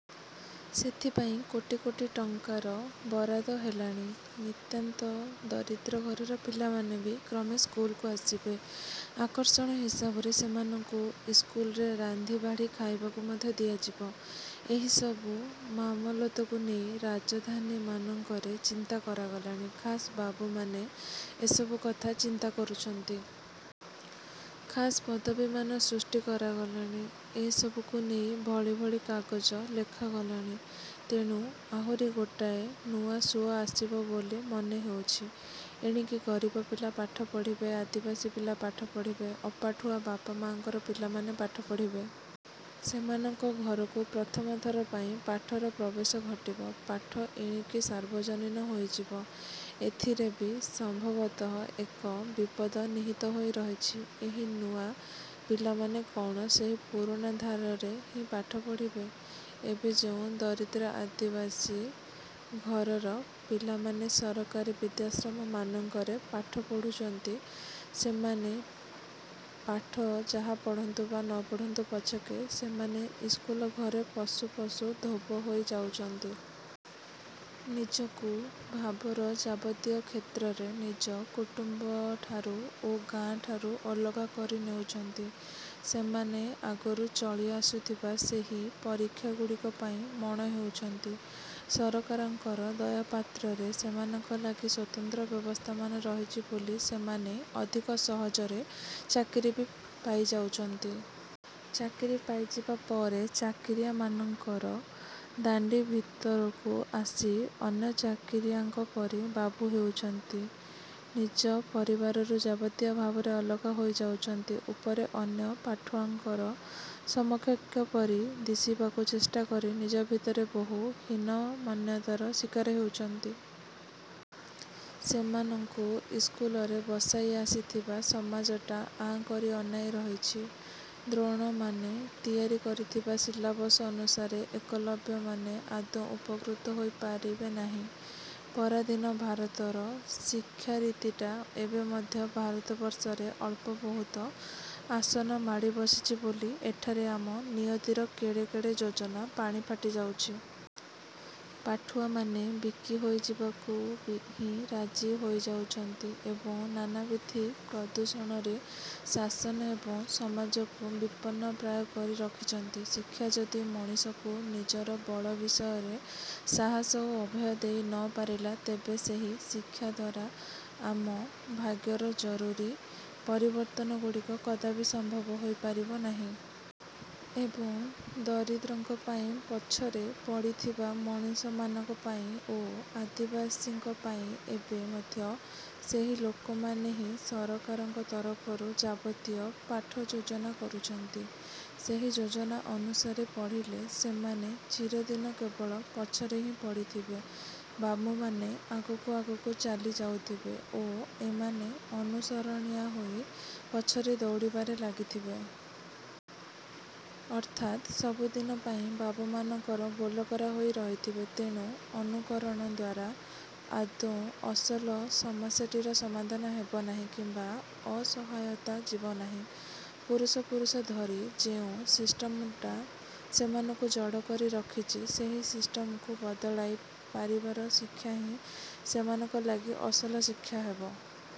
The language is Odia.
ସେଥିପାଇଁ କୋଟି କୋଟି ଟଙ୍କାର ବରାଦ ହେଲାଣି। ନିତାନ୍ତ ଦରିଦ୍ର ଘରର ପିଲାମାନେ ବି କ୍ରମେ ସ୍କୁଲକୁ ଆସିବେ। ଆକର୍ଷଣ ହିସାବରେ ସେମାନଙ୍କୁ ଇସ୍କୁଲରେ ରାନ୍ଧିବାଢ଼ି ଖାଇବାକୁ ମଧ୍ୟ ଦିଆଯିବ। ଏହିସବୁ ମାମଲତକୁ ନେଇ ରାଜଧାନୀମାନଙ୍କରେ ଚିନ୍ତା କରାଗଲାଣି। ଖାସ୍ ବାବୁମାନେ ଏସବୁ କଥା ଚିନ୍ତା କରୁଛନ୍ତି। ଖାସ୍ ପଦବୀମାନ ସୃଷ୍ଟି କରାଗଲାଣି। ଏସବୁକୁ ନେଇ ଭଳି ଭଳି କାଗଜ ଲେଖାଗଲାଣି। ତେଣୁ ଆହୁରି ଗୋଟାଏ ନୂଆ ସୁଅ ଆସିବ ବୋଲି ମନେ ହେଉଛି। ଏଣିକି ଗରିବ ପିଲା ପାଠ ପଢ଼ିବେ। ଆଦିବାସୀ ପିଲା ପାଠ ପଢ଼ିବେ, ଅପାଠୁଆ ବାପା ମାଆଙ୍କର ପିଲାମାନେ ପାଠ ପଢ଼ିବେ। ସେମାନଙ୍କ ଘରକୁ ପ୍ରଥମ ଥର ପାଇଁ ପାଠର ପ୍ରବେଶ ଘଟିବ। ପାଠ ଏଣିକି ସାର୍ବଜନୀନ ହୋଇଯିବ। ଏଥିରେ ବି ସମ୍ଭବତଃ ଏକ ବିପଦ ନିହିତ ହୋଇ ରହିଛି। ଏହି ନୂଆ ପିଲାମାନେ କ'ଣ ସେହି ପୁରୁଣା ଧାରାରେ ହିଁ ପାଠ ପଢ଼ିବେ? ଏବେ ଯେଉଁ ଦରିଦ୍ର ଆଦିବାସୀ ଘରର ପିଲାମାନେ ସରକାରୀ ବିଦ୍ୟାଶ୍ରମ ମାନଙ୍କରେ ପାଠ ପଢୁଛନ୍ତି, ସେମାନେ ପାଠ ଯାହା ପଢ଼ନ୍ତୁ ବା ନପଢ଼ନ୍ତୁ ପଛକେ, ସେମାନେ ଇସ୍କୁଲ ଘରେ ପଶୁ ପଶୁ ଧୋବ ହୋଇ ଯାଉଛନ୍ତି-। ନିଜକୁ ଭାବର ଯାବତୀୟ କ୍ଷେତ୍ରରେ ନିଜ କୁଟୁମ୍ବଠାରୁ ଓ ଗାଁ ଠାରୁ ଅଲଗା କରି ନେଉଛନ୍ତି। ସେମାନେ ଆଗରୁ ଚଳି ଆସୁଥିବା ସେହି ପରୀକ୍ଷାଗୁଡ଼ିକ ପାଇଁ ମଣ ହେଉଛନ୍ତି। ସରକାରଙ୍କର ଦୟାପାତ୍ରରେ ସେମାନଙ୍କ ଲାଗି ସ୍ୱତନ୍ତ୍ର ବ୍ୟବସ୍ଥାମାନ ରହିଛି ବୋଲି ସେମାନେ ଅଧିକ ସହଜରେ ଚାକିରି ବି ପାଇ ଯାଉଛନ୍ତି। ଚାକିରି ପାଇଯିବା ପରେ ଚାକିରିଆ ମାନଙ୍କର ଦାଣ୍ଡି ଭିତରକୁ ଆସି ଅନ୍ୟ ଚାକିରିଆଙ୍କ ପରି ବାବୁ ହେଉଛନ୍ତି। ନିଜ ପରିବାରରୁ ଯାବତୀୟ ଭାବରେ ଅଲଗା ହୋଇ ଯାଉଛନ୍ତି। ଉପରେ ଅନ୍ୟ ପାଠୁଆଙ୍କର ସମକକ୍ଷ ପରି ଦିଶିବାକୁ ଚେଷ୍ଟା କରି ନିଜ ଭିତରେ ବହୁ ହୀନମନ୍ୟତାର ଶିକାର ହୋଇଛନ୍ତି। ସେମାନଙ୍କୁ ଇସ୍କୁଲରେ ବସାଇ ଆସିଥିବା ସମାଜଟା ଆଁ କରି ଅନାଇ ରହିଛି। ଦ୍ରୋଣମାନେ ତିଆରି କରିଥିବା ସିଲାବସ୍ ଅନୁସାରେ ଏକଲବ୍ୟମାନେ ଆଦୌ ଉପକୃତ ହୋଇ ପାରିବେନାହିଁ। ପରାଧୀନ ଭାରତର ଶିକ୍ଷାରୀତିଟା ଏବେ ମଧ୍ୟ ଭାରତବର୍ଷରେ ଅଳ୍ପବହୁତ ଆସନ ମାଡ଼ି ବସିଛି ବୋଲି ଏଠାରେ ଆମ ନିୟତିର କେଡ଼େ କେଡ଼େ ଯୋଜନା ପାଣି ଫାଟି ଯାଉଛି। ପାଠୁଆମାନେ ବିକି ହୋଇ ଯିବାକୁ ହିଁ ରାଜି ହୋଇଯାଉଛନ୍ତି ଏବଂ ନାନାବିଧ ପ୍ରଦୂଷଣରେ ଶାସନ ଏବଂ ସମାଜକୁ ବିପନ୍ନ ପ୍ରାୟ କରି ରଖିଛନ୍ତି। ଶିକ୍ଷା ଯଦି ମଣିଷକୁ ନିଜର ବଳ ବିଷୟରେ ସାହସ ଓ ଅଭୟ ଦେଇ ନପାରିଲା, ତେବେ ସେହି ଶିକ୍ଷାଦ୍ଵାରା ଆମ ଭାଗ୍ୟର ଜରୁରୀ ପରିବର୍ତ୍ତନଗୁଡ଼ିକ କଦାପି ସମ୍ଭବ ହୋଇ ପାରିବନାହିଁ। ଏବଂ ଦରିଦ୍ରଙ୍କ ପାଇଁ, ପଛରେ ପଡ଼ିଥିବା ମଣିଷମାନଙ୍କ ପାଇଁ ଓ ଆଦିବାସୀଙ୍କ ପାଇଁ ଏବେ ମଧ୍ୟ ସେହି ଲୋକମାନେ ହିଁ ସରକାରଙ୍କ ତରଫରୁ ଯାବତୀୟ ପାଠଯୋଜନା କରୁଛନ୍ତି। ସେହି ଯୋଜନା ଅନୁସାରେ ପଢ଼ିଲେ ସେମାନେ ଚିରଦିନ କେବଳ ପଛରେ ହିଁ ପଡ଼ିଥବେ। ବାବୁମାନେ ଆଗକୁ ଆଗକୁ ଚାଲିଯାଉଥିବେ ଓ ଏମାନେ ଅନୁସରଣିଆ ହୋଇ ପଛରେ ଦୌଡ଼ିବାରେ ଲାଗିଥିବେ। ଅର୍ଥାତ୍ ସବୁଦିନ ପାଇଁ ବାବୁମାନଙ୍କର ବୋଲକରା ହୋଇ ରହିଥିବେ। ତେଣୁ ଅନୁକରଣ। ଦ୍ଵାରା ଆଦୌ ଅସଲ ସମସ୍ୟାଟିର ସମାଧାନ ହେବନାହିଁ କିମ୍ବା ଅସହାୟତା ଯିବନାହିଁ। ପୁରୁଷ ପୁରୁଷ ଧରି ଯେଉଁ ସିଷ୍ଟମଟା ସେମାନଙ୍କୁ ଜଡ଼ କରି ରଖିଛି, ସେହି ସିଷ୍ଟମ୍କୁ ବଦଳାଇ ପାରିବାର ଶିକ୍ଷାହିଁ ସେମାନଙ୍କ ଲାଗି ଅସଲ ଶିକ୍ଷା ହେବ।